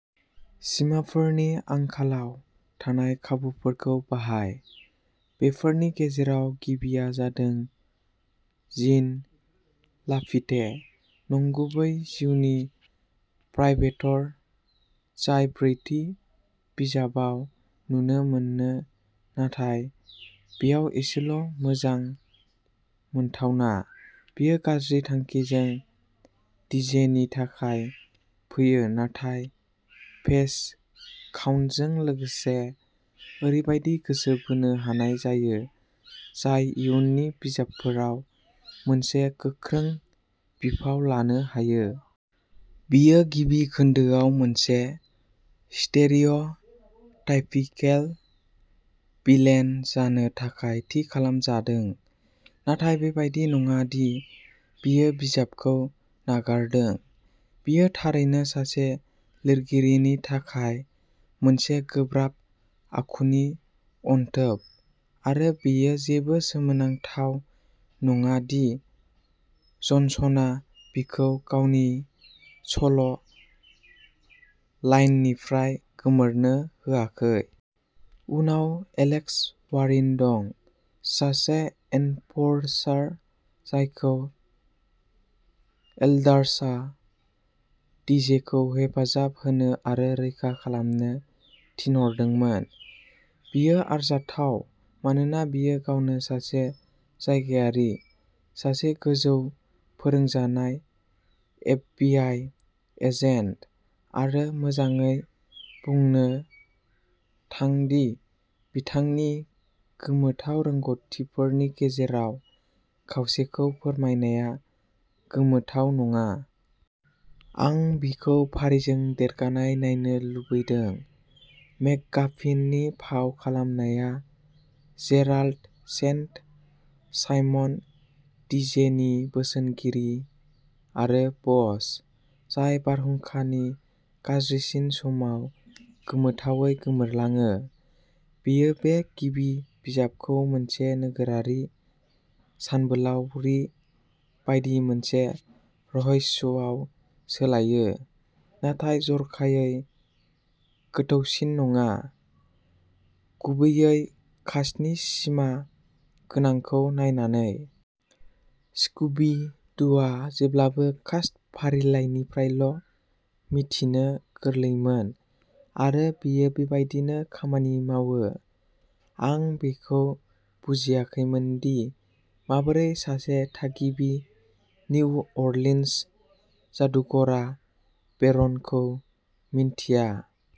सिमाफोरनि आंखालाव थानाय खाबुफोरखौ बाहाय। बेफोरनि गेजेराव गिबिया जादों जीन लाफिते, नंगुबै जिउनि प्राइभेटर जाय ब्रैथि बिजाबाव नुनो मोनो नाथाय बेयाव एसेल' मोजां मोनथावना। बियो गाज्रि थांखिजों डीजेनि थाखाय फैयो नाथाय पेज काउन्टजों लोगोसे ओरैबायदि गोसो बोनो हानाय जायो जाय इयुननि बिजाबफोराव मोनसे गोख्रों बिफाव लानो हायो। बियो गिबि खोन्दोआव मोनसे स्टेरिअ'टाइपिकेल भिलेन जानो थाखाय थि खालामजादों, नाथाय बेबादि नङा दि बियो बिजाबखौ नागारदों; बियो थारैनो सासे लिरगिरिनि थाखाय मोनसे गोब्राब आखुनि अनथोब आरो बेयो जेबो सोमोनांथाव नङा दि जनसनआ बिखौ गावनि सल' लाइननिफ्राय गोमोरनो होआखै। उनाव एलेक्स वारिन दं, सासे एनफोर्सार जायखौ एल्डार्सआ डीजेखौ हेफाजाब होनो आरो रैखा खालामनो थिनहरदोंमोन। बियो आरजाथाव मानोना बियो गावनो सासे जायगायारि, सासे गोजौ फोरोंजानाय एफ बी आई एजेन्ट आरो मोजाङै, बुंनो थां दि बिथांनि गोमोथाव रोंग'थिफोरनि गेजेराव खावसेखौ फोरमायनाया गोमोथाव नङा। आं बिखौ फारिजों देरनाय नायनो लुबैदों। मेकगाफिननि फाव खालामनाया Gerald Saint Simon, D J नि बोसोनगिरि आरो ब'स, जाय बारहुंखानि गाज्रिसिन समाव गोमोथावै गोमोरलाङो। बेयो बे गिबि बिजाबखौ मोनसे नोगोरारि सानबोलावरि बायदि मोनसे रहस्यआव सोलायो, नाथाय जर'खायै गोथौसिन नङा, गुबैयै कास्टनि सिमा गोनांखौ नायनानै। स्कूबी डू'आ जेब्लाबो कास्ट फारिलाइनिफ्रायल' मिथिनो गोरलैमोन आरो बेयो बेबायदिनो खामानि मावो। आं बेखौ बुजियाखैमोनदि माबोरै सासे थागिबि निउ अरलिन्स जादुगरआ बेरनखौ मिन्थिया।